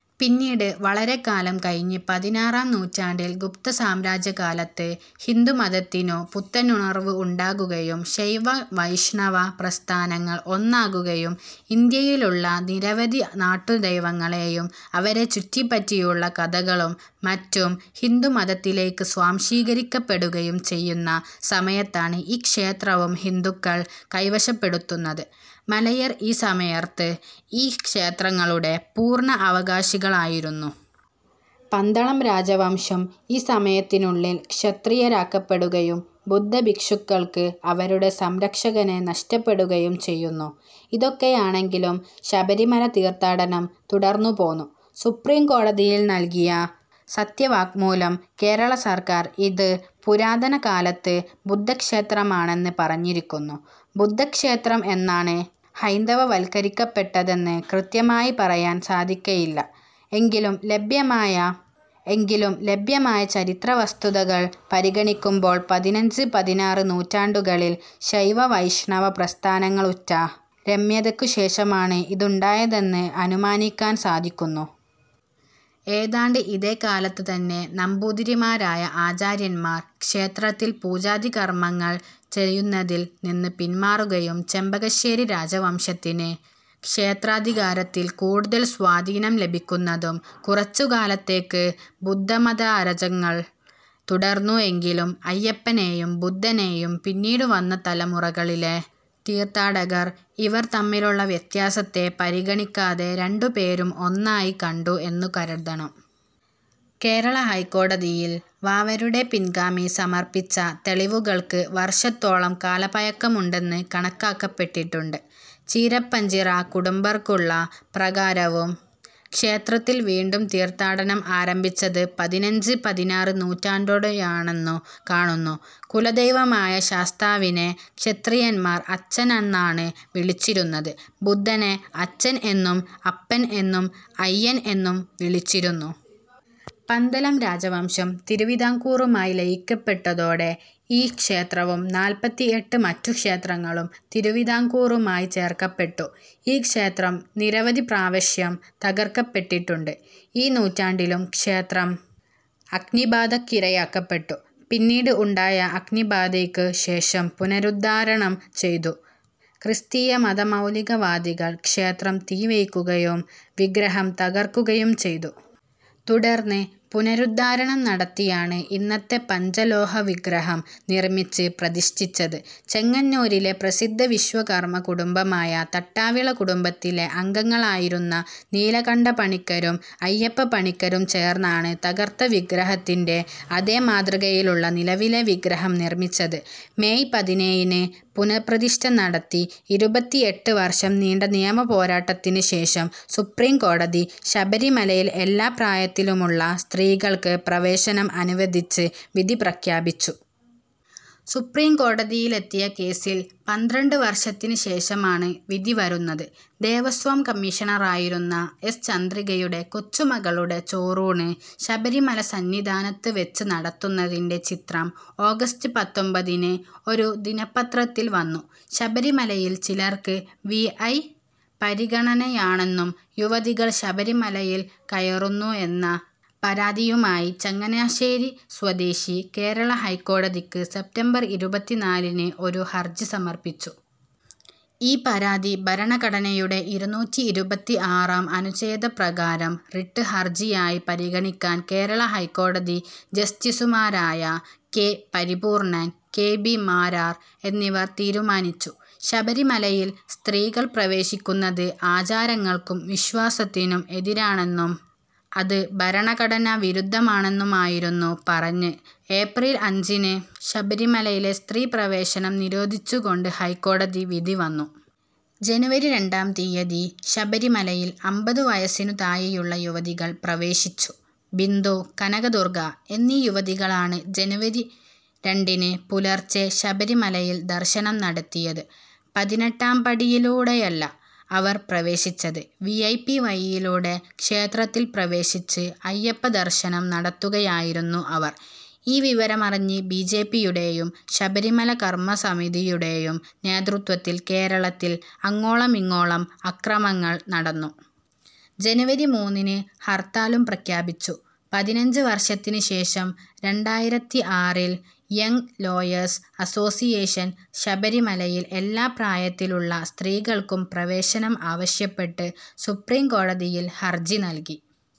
പിന്നീട് വളരെക്കാലം കഴിഞ്ഞ് പതിനാറാം നൂറ്റാണ്ടിൽ ഗുപ്ത സാമ്രാജ്യകാലത്ത് ഹിന്ദുമതത്തിനു പുത്തനുണർവ്വ് ഉണ്ടാകുകയും ശൈവ വൈഷ്ണവ പ്രസ്ഥാനങ്ങൾ ഒന്നാകുകയും ഇന്ത്യയിലുള്ള നിരവധി നാട്ടു ദൈവങ്ങളെയും അവരെ ചുറ്റുപ്പറ്റിയുള്ള കഥകളും മറ്റും ഹിന്ദുമതത്തിലേക്ക് സ്വാംശീകരിക്കപ്പെടുകയും ചെയ്യുന്ന സമയത്താണ് ഈ ക്ഷേത്രവും ഹിന്ദുക്കൾ കൈവശപ്പെടുത്തുന്നത്. മലയർ ഈ സമയർത്ത് ഈ ക്ഷേത്രങ്ങളുടെ പൂർണ്ണ അവകാശികളായിരുന്നു. പന്തളം രാജവംശം ഈ സമയത്തിനുള്ളിൽ ക്ഷത്രിയരാക്കപ്പെടുകയും ബുദ്ധഭിക്ഷുക്കൾക്ക് അവരുടെ സംരക്ഷകനെ നഷ്ടപ്പെടുകയും ചെയ്യുന്നു. ഇതൊക്കെയാണെങ്കിലും ശബരിമല തീർത്ഥാടനം തുടർന്നു പോന്നു. സുപ്രീം കോടതിയിൽ നൽകിയ സത്യവാങ്മൂലം കേരള സർക്കാർ ഇത് പുരാതന കാലത്ത് ബുദ്ധക്ഷേത്രമാണെന്ന് പറഞ്ഞിരിക്കുന്നു. ബുദ്ധക്ഷേത്രം എന്നാണ് ഹൈന്ദവവൽകരിക്കപ്പെട്ടതെന്ന് കൃത്യമായി പറയാൻ സാധിക്കയില്ല എങ്കിലും ലഭ്യമായ എങ്കിലും ലഭ്യമായ ചരിത്രവസ്തുതകൾ പരിഗണിക്കുമ്പോൾ പതിനഞ്ച് - പതിനാറ് നൂറ്റാണ്ടുകളിൽ ശൈവവൈഷ്ണവ പ്രസ്ഥാനങ്ങളുറ്റെ രമ്യതക്കു ശേഷമാണ് ഇതുണ്ടായതെന്ന് അനുമാനിക്കാൻ സാധിക്കുന്നു. ഏതാണ്ട് ഇതേ കാലത്ത് തന്നെ നമ്പൂതിരിമാരായ ആചാര്യന്മാർ ക്ഷേത്രത്തിൽ പൂജാദികർമ്മങ്ങൾ ചെയ്യുന്നതിൽ നിന്ന് പിന്മാറുകയും ചെമ്പകശ്ശേരി രാജവംശത്തിന് ക്ഷേത്രാധികാരത്തിൽ കൂടുതൽ സ്വാധീനം ലഭിക്കുന്നതും. കുറച്ചു കാലത്തേക്ക് ബുദ്ധമതാരചങ്ങൾ തുടർന്നു എങ്കിലും അയ്യപ്പനേയും ബുദ്ധനേയും പിന്നീടു വന്ന തലമുറകളിലെ തീർത്ഥാടകർ ഇവർ തമ്മിലുള്ള വ്യത്യാസത്തെ പരിഗണിക്കാതെ രണ്ടുപേരും ഒന്നായി കണ്ടു എന്നു കരുതണം. കേരള ഹൈക്കോടതിയിൽ വാവരുടെ പിൻഗാമി സമർപ്പിച്ച തെളിവുകൾക്ക് വർഷത്തോളം കാലപഴക്കമുണ്ടെന്ന് കണക്കാക്കപ്പെട്ടിട്ടുണ്ട്. ചീരപ്പഞ്ചിറ കുടുംബർക്കുള്ള പ്രകാരവും ക്ഷേത്രത്തിൽ വീണ്ടും തീർത്ഥാടനം ആരംഭിച്ചത് പതിനഞ്ച് - പതിനാറ് നൂറ്റാണ്ടോടെയാണെന്നു കാണുന്നു. കുലദൈവമായ ശാസ്താവിനെ ക്ഷത്രിയന്മാർ അച്ഛനെന്നാണ് വിളിച്ചിരുന്നത്. ബുദ്ധനെ അച്ഛൻ എന്നും അപ്പൻ എന്നും അയ്യൻ എന്നും വിളിച്ചിരുന്നു. പന്തലം രാജവംശം തിരുവിതാം കൂറുമായി ലയിക്കപ്പെട്ടതോടെ ഈ ക്ഷേത്രവും നാല്പത്തിഎട്ട് മറ്റു ക്ഷേത്രങ്ങളും തിരുവിതാംകൂറുമായി ചേർക്കപ്പെട്ടു. ഈ ക്ഷേത്രം നിരവധി പ്രാവശ്യം തകർക്കപ്പെട്ടിട്ടുമുണ്ട്. ഈ നൂറ്റാണ്ടിലും ക്ഷേത്രം അഗ്നിബാധക്കിരയാക്കപ്പെട്ടു പിന്നീട് ഉണ്ടായ അഗ്നിബാധക്ക് ശേഷം പുനരുദ്ധാരണം ചെയ്തു. ക്രിസ്തീയ മതമൗലികവാദികൾ ക്ഷേത്രം തീവയ്ക്കുകയും വിഗ്രഹം തകർക്കുകയും ചെയ്തു. തുടർന്ന് പുനരുദ്ധാരണം നടത്തിയാണ് ഇന്നത്തെ പഞ്ചലോഹവിഗ്രഹം നിർമ്മിച്ച് പ്രതിഷ്ഠിച്ചത്. ചെങ്ങന്നൂരിലെ പ്രസിദ്ധ വിശ്വകർമ്മ കുടുംബമായ തട്ടാവിള കുടുംബത്തിലെ അംഗങ്ങളായിരുന്ന നീലകണ്ഠപണിക്കരും അയ്യപ്പപ്പണിക്കരും ചേർന്നാണ് തകർത്ത വിഗ്രഹത്തിന്റെ അതേ മാതൃകയിലുള്ള നിലവിലെ വിഗ്രഹം നിർമ്മിച്ചത്. മേയ് പതിനേഴിന് പുനഃപ്രതിഷ്ഠ നടത്തി. ഇരുപത്തിഎട്ട് വർഷം നീണ്ട നിയമപോരാട്ടത്തിന് ശേഷം സുപ്രീം കോടതി ശബരിമലയിൽ എല്ലാം പ്രായത്തിലുമുള്ള സ്ത്രീകൾക്ക് പ്രവേശനം അനുവദിച്ച് വിധി പ്രഖ്യാപിച്ചു. സുപ്രീംകോടതിയിലെത്തിയ കേസിൽ പന്ത്രണ്ട് വർഷത്തിന് ശേഷമാണ് വിധി വരുന്നത്. ദേവസ്വം കമ്മീഷണറായിരുന്ന എസ്. ചന്ദ്രികയുടെ കൊച്ചുമകളുടെ ചോറൂണ് ശബരിമല സന്നിധാനത്ത് വെച്ച് നടത്തുന്നതിന്റെ ചിത്രം ഓഗസ്റ്റ് പത്തൊമ്പതിന് ഒരു ദിനപത്രത്തിൽ വന്നു. ശബരിമലയിൽ ചിലർക്ക് വി. ഐ. പരിഗണനയാണെന്നും യുവതികൾ ശബരിമലയിൽ കയറുന്നു എന്ന പരാതിയിയുമായി ചങ്ങനാശേരി സ്വദേശി കേരള ഹൈക്കോടതിക്ക് സെപ്റ്റംബർ ഇരുപത്തിനാലിന് ഒരു ഹർജി സമർപ്പിച്ചു. ഈ പരാതി ഭരണഘടനയുടെ ഇരുനൂറ്റിഇരുപത്തിആറാം അനുഛേദപ്രകാരം റിട്ട് ഹർജിയായി പരിഗണിക്കാൻ കേരള ഹൈക്കോതി ജസ്റ്റിസുമാരായ K. Paripoornan, K. B. Marar എന്നിവർ തീരുമാനിച്ചു. ശബരിമലയിൽ സ്ത്രീകൾ പ്രവേശിക്കുന്നത് ആചാരങ്ങൾക്കും വിശ്വാസത്തിനും എതിരാണെന്നും അത് ഭരണഘടനാ വിരുദ്ധമാണെന്നുമായിരുന്നു പറഞ്ഞ് ഏപ്രിൽ അഞ്ചിന് ശബരിമലയിലെ സ്ത്രീപ്രവേശനം നിരോധിച്ചുകൊണ്ട് ഹൈക്കോടതി വിധി വന്നു. ജനുവരി രണ്ടാം തീയതി ശബരിമലയിൽ അമ്പതു വയസിനു താഴെയുള്ള യുവതികൾ പ്രവേശിച്ചു. ബിന്ദു, കനകദുർഗ്ഗ എന്നീ യുവതികളാണ് ജനുവരി രണ്ടിന് പുലർച്ചെ ശബരിമലയിൽ ദർശനം നടത്തിയത്. പതിനെട്ടാംപടിയിലൂടെയല്ല അവർ പ്രവേശിച്ചത്. വിഐപി വഴിയിലൂടെ ക്ഷേത്രത്തിൽ പ്രവേശിച്ച് അയ്യപ്പദർശനം നടത്തുകയായിരുന്നു അവർ. ഈ വിവരമറിഞ്ഞ് ബിജെപിയുടെയും ശബരിമല കർമ്മസമിതിയുടെയും നേതൃത്വത്തിൽ കേരളത്തിൽ അങ്ങോളമിങ്ങോളം അക്രമങ്ങൾ നടന്നു. ജനുവരി മൂന്നിന് ഹർത്താലും പ്രഖ്യാപിച്ചു. പതിനഞ്ച് വർഷത്തിന് ശേഷം രണ്ടായിരത്തിആറിൽ യംങ് ലോയേഴ്സ് അസോസിയേഷൻ ശബരിമലയിൽ എല്ലാ പ്രായത്തിലുള്ള സ്ത്രീകൾക്കും പ്രവേശനം ആവശ്യപ്പെട്ട് സുപ്രീംകോടതിയിൽ ഹർജി നൽകി.